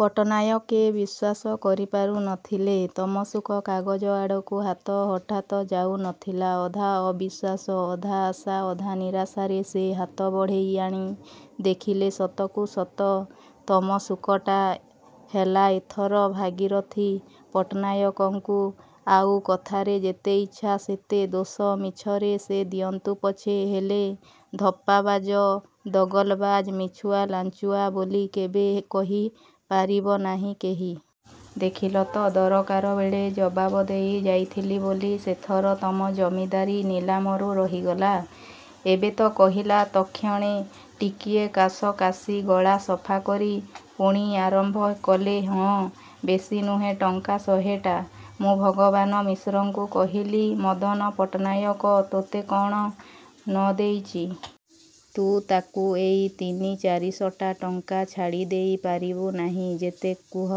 ପଟ୍ଟନାୟକେ ବିଶ୍ୱାସ କରିପାରୁ ନଥିଲେ। ତମସୁକ କାଗଜ ଆଡ଼କୁ ହାତ ହଠାତ ଯାଉ ନଥିଲା। ଅଧା ଅବିଶ୍ୱାସ, ଅଧା ଆଶା ଅଧା ନିରାଶାରେ ସେ ହାତବଢ଼େଇ ଆଣି ଦେଖିଲେ ସତକୁସତ ତମସୁକଟା। ''ହେଲା ଏଥର-ଭାଗିରଥି ପଟ୍ଟନାୟକଙ୍କୁ ଆଉ କଥାରେ ଯେତେ ଇଚ୍ଛା ସେତେ ଦୋଷ ମିଛରେ ସେ ଦିଅନ୍ତୁ ପଛେ, ହେଲେ ଧପ୍ପାବାଜ, ଦଗଲବାଜ୍, ମିଛୁଆ ଲାଞ୍ଚୁଆ ବୋଲି କେବେ କହି ପାରିବ ନାହିଁ କେହି। ଦେଖିଲ ତ ଦରକାରବେଳେ ଜବାବ ଦେଇ ଯାଇଥିଲି ବୋଲି ସେଥର ତମ ଜମିଦାରୀ ନିଲାମରୁ ରହିଗଲା। ଏବେ ତ କହିଲା ତକ୍ଷଣେ-'' ଟିକିଏ କାଶ କାଶି-ଗଳା ସଫାକରି ପୁଣି ଆରମ୍ଭ କଲେ-''ହଁ ବେଶି ନୁହେଁ ଟଙ୍କା ଶହେଟା। ମୁଁ ଭଗବାନ ମିଶ୍ରଙ୍କୁ କହିଲି-ମଦନ ପଟ୍ଟନାୟକ ତୋତେ କ'ଣ ନ ଦେଇଚି। ତୁ ତାକୁ ଏଇ ତିନି ଚାରିଶଟା ଟଙ୍କା ଛାଡ଼ି ଦେଇ ପାରିବୁ ନାହିଁ? ଯେତେ କୁହ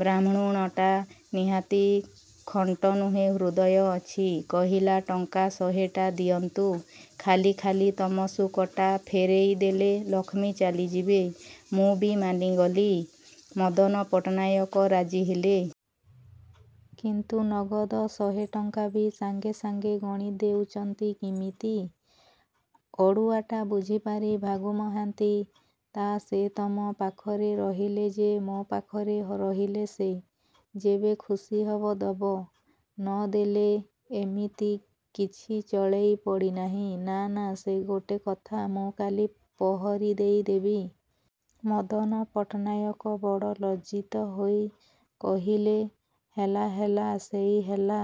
ବ୍ରାହ୍ମୁଣଟା ନିହାତି ଖଣ୍ଟ ନୁହେଁ-ହୃଦୟ ଅଛି। କହିଲା, ଟଙ୍କା ଶହେଟା ଦିଅନ୍ତୁ; ଖାଲି ଖାଲି ତମସୁକଟା ଫେରେଇ ଦେଲେ ଲକ୍ଷ୍ମୀ ଚାଲିଯିବେ। ମୁଁ ବି ମାନିଗଲି। '' ମଦନ ପଟ୍ଟନାୟକ ରାଜିହେଲେ। କିନ୍ତୁ ନଗଦ ଶହେଟଙ୍କାବି ସାଙ୍ଗେ ସାଙ୍ଗେ ଗଣି ଦେଉଚନ୍ତି କିମିତି। ଅଡ଼ୁଆଟା ବୁଝିପାରି ଭାଗୁ ମହାନ୍ତି ''ତା' ସେ ତମ ପାଖରେ ରହିଲେ ଯେ ମୋ ପାଖରେ ରହିଲେ ସେ। ଯେବେ ଖୁସିହବ ଦବ। ନ ଦେଲେ ଏମିତି କିଛି ଚଳେଇ ପଡ଼ିନାହିଁ। '' ''ନା-ନା-ସେ ଗୋଟେ କଥା-ମୁଁ କାଲି ପହରି ଦେଇ ଦେବି? '' ମଦନ ପଟ୍ଟନାୟକ ବଡ଼ ଲଜ୍ଜିତ ହୋଇ କହିଲେ। ''ହେଲା-ହେଲା-ସେଇ ହେଲା।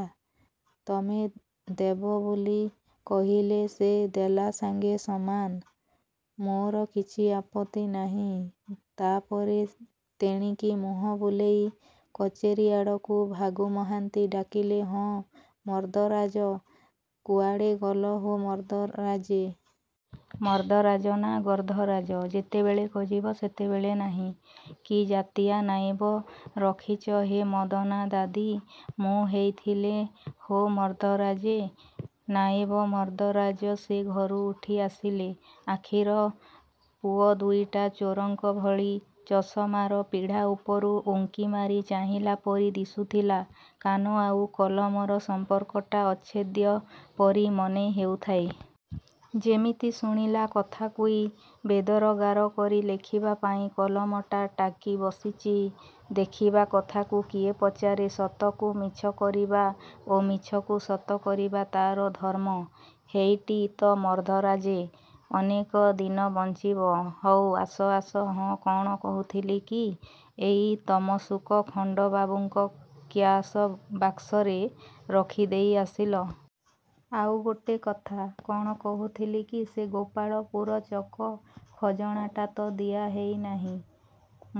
ତମେ ଦେବ ବୋଲି କହିଲେ ସେ ଦେଲା ସାଙ୍ଗେ ସମାନ। ମୋର କିଛି ଆପତ୍ତି ନାହିଁ। '' ତା'ପରେ ତେଣିକି ମୁହଁ ବୁଲେଇ-କଚେରି ଆଡ଼କୁ-ଭାଗୁ ମହାନ୍ତି ଡାକିଲେ-''ହଁ, ମର୍ଦ୍ଦରାଜ କୁଆଡ଼େ ଗଲ ହୋ ମର୍ଦ୍ଦରାଜେ! ମର୍ଦ୍ଦରାଜ ନା ଗର୍ଦ୍ଧରାଜ-ଯେତେବେଳେ ଖୋଜିବ ସେତେବେଳେ ନାହିଁ। କି ଜାତିଆ ନାଏବ ରଖିଚହେ ମଦନାଦାଦି! ମୁଁ ହେଇଥିଲେ-ହୋ ମର୍ଦ୍ଦରାଜେ! ନାଏବ ମର୍ଦ୍ଦରାଜ ସେ ଘରୁ ଉଠି ଆସିଲେ। ଆଖିର ପୁଅ ଦୁଇଟା ଚୋରଙ୍କ ଭଳି ଚସମାର ପିଢ଼ା ଉପରୁ ଉଙ୍କିମାରି ଚାହିଁଲା ପରି ଦିଶୁଥିଲା। କାନ ଆଉ କଲମର ସମ୍ପର୍କଟା ଅଚ୍ଛେଦ୍ୟ ପରି ମନେ ହେଉଥାଏ। ଯେମିତି ଶୁଣିଲା କଥାକୁଇ ବେଦର ଗାର କରି ଲେଖିବାପାଇଁ କଲମଟା ଟାକି ବସିଚି। ଦେଖିବା କଥାକୁ କିଏ ପଚାରେ? ସତକୁ ମିଛ କରିବା ଓ ମିଛକୁ ସତ କରିବା ତା'ର ଧର୍ମ। ''ହେଇଟି ତ ମର୍ଦ୍ଦରାଜେ! ଅନେକ ଦିନ ବଞ୍ଚିବ। ହଉ ଆସ ଆସ, ହଁ କ'ଣ କହୁଥିଲି କି ଏଇ ତମସୁକ ଖଣ୍ଡ ବାବୁଙ୍କ କ୍ୟାସ ବାକ୍ସରେ ରଖିଦେଇ ଆସିଲ। ଆଉ ଗୋଟେ କଥା। କ'ଣ କହୁଥିଲି କି, ସେ ଗୋପାଳ ପୁର ଚକ ଖଜଣାଟା ତ ଦିଆ ହେଇନାହିଁ।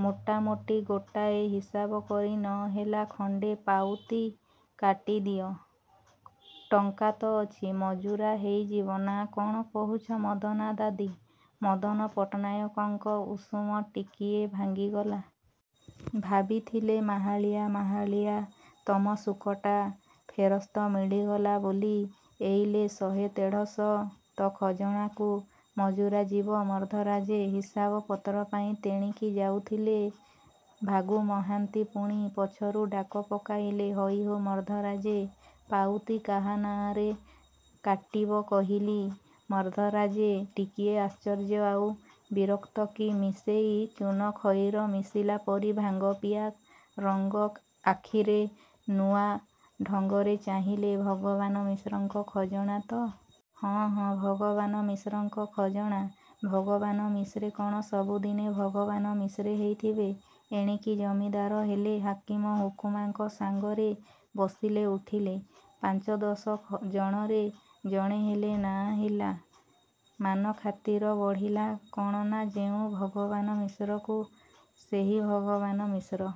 ମୋଟାମୋଟି ଗୋଟାଏ ହିସାବ କରି ନ ହେଲା ଖଣ୍ଡେ ପାଉତି କାଟି ଦିଅ। ଟଙ୍କା ତ ଅଛି, ମଜୁରା ହେଇଯିବ-ନାଁ କ'ଣ କହୁଛ ମଦନାଦାଦି! '' ମଦନ ପଟ୍ଟନାୟକଙ୍କ ଉଷୁମ ଟିକିଏ ଭାଙ୍ଗିଗଲା। ଭାବିଥିଲେ ମାହାଳିଆ ମାହାଳିଆ ତମସୁକଟା ଫେରସ୍ତ ମିଳିଗଲା ବୋଲି। ଏଇଲେ ଶହେ ଦେଢ଼ଶ ତ ଖଜଣାକୁ ମଜୁରା ଯିବ। ମର୍ଦ୍ଦରାଜେ ହିସାବ ପତ୍ରପାଇଁ ତେଣିକି ଯାଉଥିଲେ-ଭାଗୁ ମହାନ୍ତି ପୁଣି ପଛରୁ ଡାକ ପକାଇଲେ-''ହଇ ହୋ ମର୍ଦ୍ଦରାଜେ, ପାଉତି କାହା ନାଆଁରେ କାଟିବ କହିଲି? '' ମର୍ଦ୍ଦରାଜେ ଟିକିଏ ଆଶ୍ଚର୍ଯ୍ୟ ଆଉ ବିରକ୍ତ କି ମିଶେଇ, ଚୂନ ଖଇର ମିଶିଲା ପରି ଭାଙ୍ଗ ପିଆ ରଙ୍ଗ ଆଖିରେ ନୂଆ ଢଙ୍ଗରେ ଚାହିଁଲେ-''ଭଗବାନ ମିଶ୍ରଙ୍କ ଖଜଣା ତ? '' ''ହଁ, ହଁ, ଭଗବାନ ମିଶ୍ରଙ୍କ ଖଜଣା। ଭଗବାନ ମିଶ୍ରେ କ'ଣ ସବୁଦିନେ ଭଗବାନ ମିଶ୍ରେ ହେଇଥିବେ। ଏଣିକି ଜମିଦାର ହେଲେ। ହାକିମ ହୁକୁମାଙ୍କ ସାଙ୍ଗରେ ବସିଲେ ଉଠିଲେ। ପାଞ୍ଚଦଶ ଜଣରେ ଜଣେ ହେଲେ ନାଆଁ ହେଲା। ମାନଖାତିର ବଢ଼ିଲା-କ'ଣ ନା ଯେଉଁ ଭଗବାନ ମିଶ୍ରକୁ ସେହି ଭଗବାନ ମିଶ୍ର।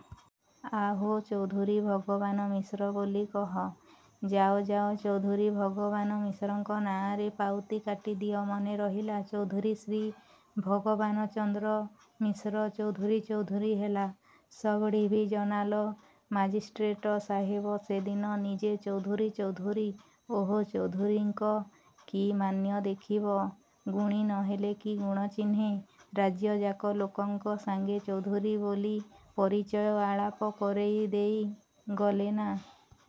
ଆହୋ ଚୌଧୁରୀ ଭଗବାନ ମିଶ୍ର ବୋଲି କହ। ଯାଅ ଯାଅ ଚୌଧୁରୀ ଭଗବାନ ମିଶ୍ରଙ୍କ ନାଆଁରେ ପାଉତି କାଟି ଦିଅ-ମନେ ରହିଲା? ଚୌଧୁରୀ ଶ୍ରୀ ଭଗବାନଚନ୍ଦ୍ର ମିଶ୍ର-ଚୌଧୁରୀ-ଚୌଧୁରୀ, ହେଲା? ସବଡ଼ିଭିଜନାଲ ମାଜିଷ୍ଟ୍ରେଟ ସାହେବ ସେ ଦିନ ନିଜେ ଚୌଧୁରୀ ଚୌଧୁରୀ ଓଃ ଚୌଧୁରୀଙ୍କ କି ମାନ୍ୟ ଦେଖିବ-ଗୁଣୀ ନ ହେଲେ କି ଗୁଣ ଚିହ୍ନେ-ରାଜ୍ୟଯାକ ଲୋକଙ୍କ ସାଙ୍ଗେ ଚୌଧୁରୀ ବୋଲି ପରିଚୟ ଆଳାପ କରେଇ ଦେଇ ଗଲେନା-।